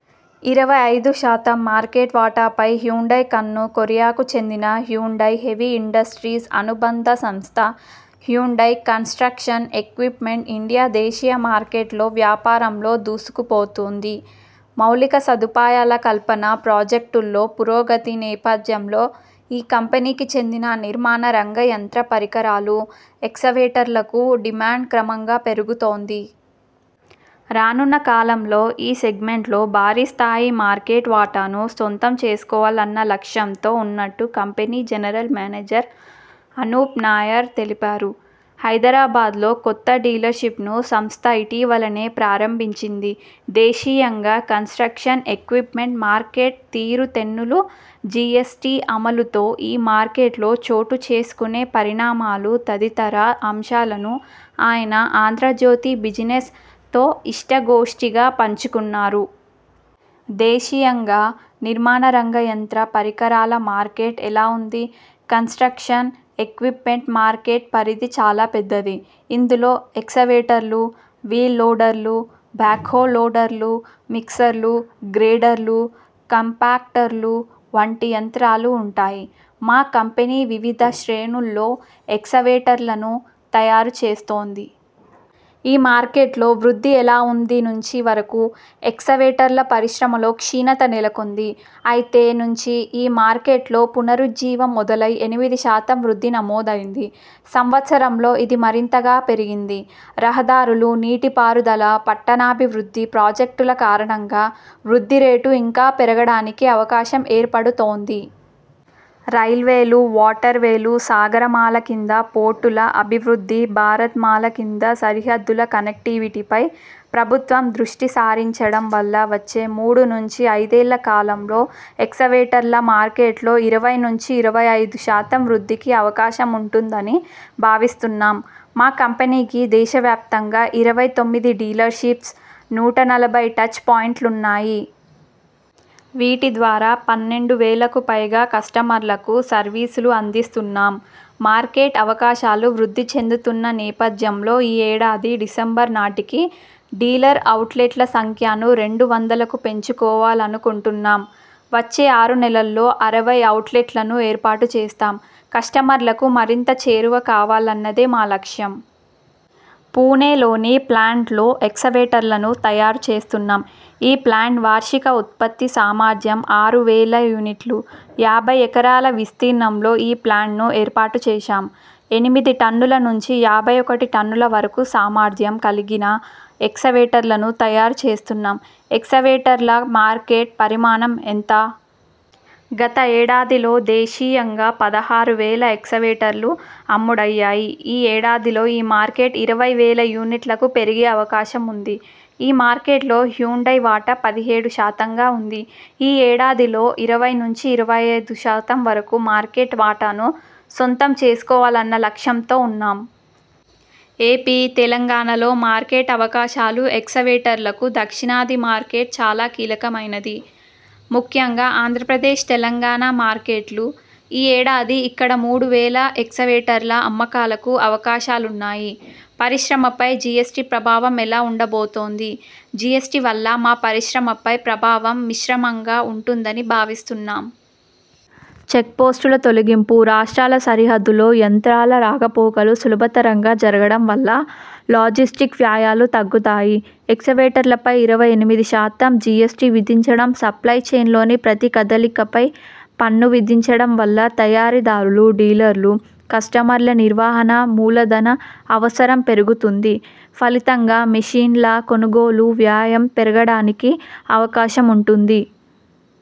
ఇరవై ఐదు శాతం మార్కెట్ వాటాపై హ్యుండయ్ కన్ను కొరియాకు చెందిన హ్యుండయ్ హెవీ ఇండస్ర్టీస్ అనుబంధ సంస్థ హ్యుండయ్ కన్స్ట్రక్షన్ ఎక్విప్మెంట్ ఇండియా దేశీయ మార్కెట్లో వ్యాపారంలో దూసుకుపోతోంది. మౌలిక సదుపాయాల కల్పన ప్రాజెక్టుల్లో పురోగతి నేపథ్యంలో ఈ కంపెనీకి చెందిన నిర్మాణ రంగ యంత్ర పరికరాలు, ఎక్స్కవేటర్లకు డిమాండ్ క్రమంగా పెరుగుతోంది. రానున్న కాలంలో ఈ సెగ్మెంట్లో భారీ స్థాయి మార్కెట్ వాటాను సొంతం చేసుకోవాలన్న లక్ష్యంతో ఉన్నట్టు company general manager Anoop Nair తెలిపారు. హైదరాబాద్లో కొత్త డీలర్షిప్ను సంస్థ ఇటీవలనే ప్రారంభించింది. దేశీయంగా కన్స్ట్రక్షన్ ఎక్విప్మెంట్ మార్కెట్ తీరుతెన్నులు, జిఎస్టి అమలుతో ఈ మార్కెట్లో చోటు చేసుకునే పరిణామాలు తదితర అంశాలను ఆయన 'ఆంధ్రజ్యోతి బిజినెస్ 'తో ఇష్టాగోష్టిగా పంచుకున్నారు. దేశీయంగా నిర్మాణ రంగ యంత్ర పరికరాల మార్కెట్ ఎలా ఉంది? కన్స్ట్రక్షన్ ఎక్విప్మెంట్ మార్కెట్ పరిధి చాలా పెద్దది. ఇందులో ఎక్స్కవేటర్లు, వీల్ లోడర్లు, బ్యాక్హో లోడర్లు, మిక్సర్లు, గ్రేడర్లు, కాంపాక్టర్లు వంటి యంత్రాలు ఉంటాయి. మా కంపెనీ వివిధ శ్రేణుల్లో ఎక్స్కవేటర్లను తయారు చేస్తోంది. ఈ మార్కెట్లో వృద్ధి ఎలా ఉంది నుంచి వరకు ఎక్స్కవేటర్ల పరిశ్రమలో క్షీణత నెలకొంది. అయితే నుంచి ఈ మార్కెట్లో పునరుజ్జీవం మొదలై ఎనిమిది శాతం వృద్ధి నమోదైంది. సంవత్సరంలో ఇది మరింతగా పెరిగింది. రహదారులు, నీటిపారుదల, పట్టణాభివృద్ధి ప్రాజెక్టుల కారణంగా వృద్ధి రేటు ఇంకా పెరగడానికి అవకాశం ఏర్పడుతోంది. రైల్వేలు, వాటర్వేలు, సాగరమాల కింద పోర్టుల అభివృద్ధి, భారత్ మాల కింద సరిహద్దుల కనెక్టివిటీపై ప్రభుత్వం దృష్టిసారించడం వల్ల వచ్చే మూడు నుంచి ఐదేళ్ల కాలంలో ఎక్స్కవేటర్ల మార్కెట్లో ఇరవై నుంచి ఇరవై ఐదు శాతం వృద్ధికి అవకాశం ఉంటుందని భావిస్తున్నాం. మా కంపెనీకి దేశవ్యాప్తంగా ఇరవై తొమ్మిది డీలర్షిప్స్, నూట నలభై టచ్ పాయింట్లున్నాయి. వీటి ద్వారా పన్నెండు వేలకు పైగా కస్టమర్లకు సర్వీసులు అందిస్తున్నాం. మార్కెట్ అవకాశాలు వృద్ధి చెందుతున్న నేపథ్యంలో ఈ ఏడాది డిసెంబర్ నాటికి డీలర్ ఔట్లెట్ల సంఖ్యను రెండు వందలకు పెంచుకోవాలనుకుంటున్నాం. వచ్చే ఆరు నెలల్లో అరవై ఔట్లెట్లను ఏర్పాటు చేస్తాం. కస్టమర్లకు మరింత చేరువ కావాలన్నదే మా లక్ష్యం. పుణెలోని ప్లాంట్లో ఎక్స్కవేటర్లను తయారు చేస్తున్నాం. ఈ ప్లాంట్ వార్షిక ఉత్పత్తి సామర్థ్యం ఆరు వేల యూనిట్లు. యాభై ఎకరాల విస్తీర్ణంలో ఈ ప్లాంట్ను ఏర్పాటు చేశాం. ఎనిమిది టన్నుల నుంచి యాభై ఒకటి టన్నుల వరకు సామర్థ్యం కలిగిన ఎక్స్కవేటర్లను తయారు చేస్తున్నాం. ఎక్స్కవేటర్ల మార్కెట్ పరిమాణం ఎంత? గత ఏడాదిలో దేశీయంగా పదహారు వేల ఎక్స్కవేటర్లు అమ్ముడయ్యాయి. ఈ ఏడాదిలో ఈ మార్కెట్ ఇరవై వేల యూనిట్లకు పెరిగే అవకాశం ఉంది. ఈ మార్కెట్లో హ్యుండయ్ వాటా పదిహేడు శాతంగా ఉంది. ఈ ఏడాదిలో ఇరవై నుంచి ఇరవై ఐదు శాతం వరకు మార్కెట్ వాటాను సొంతం చేసుకోవాలన్న లక్ష్యంతో ఉన్నాం. ఎపి, తెలంగాణలో మార్కెట్ అవకాశాలు ఎక్స్కవేటర్లకు దక్షిణాది మార్కెట్ చాలా కీలకమైనది. ముఖ్యంగా ఆంధ్రప్రదేశ్, తెలంగాణ మార్కెట్లు. ఈ ఏడాది ఇక్కడమూడు వేల ఎక్స్కవేటర్ల అమ్మకాలకు అవకాశాలున్నాయి. పరిశ్రమపై జిఎస్టి ప్రభావం ఎలా ఉండబోతోంది జిఎస్టి వల్ల మా పరిశ్రమపై ప్రభావం మిశ్రమంగా ఉంటుందని భావిస్తున్నాం. చెక్పోస్టుల తొలగింపు, రాష్ట్రాల సరిహద్దులో యంత్రాల రాకపోకలు సులభతరంగా జరగడం వల్ల లాజిస్టిక్స్ వ్యయాలు తగ్గుతాయి. ఎక్స్కవేటర్లపై ఇరవై ఎనిమిది శాతం జిఎస్టి విధించడం, సప్లయ్ చెయిన్లోని ప్రతి కదలికపై పన్ను విధించడం వల్ల తయారీదారులు, డీలర్లు, కస్టమర్ల నిర్వహణ మూలధన అవసరం పెరుగుతుంది. ఫలితంగా మెషిన్ల కొనుగోలు వ్యయం పెరగడానికి అవకాశం ఉంటుంది.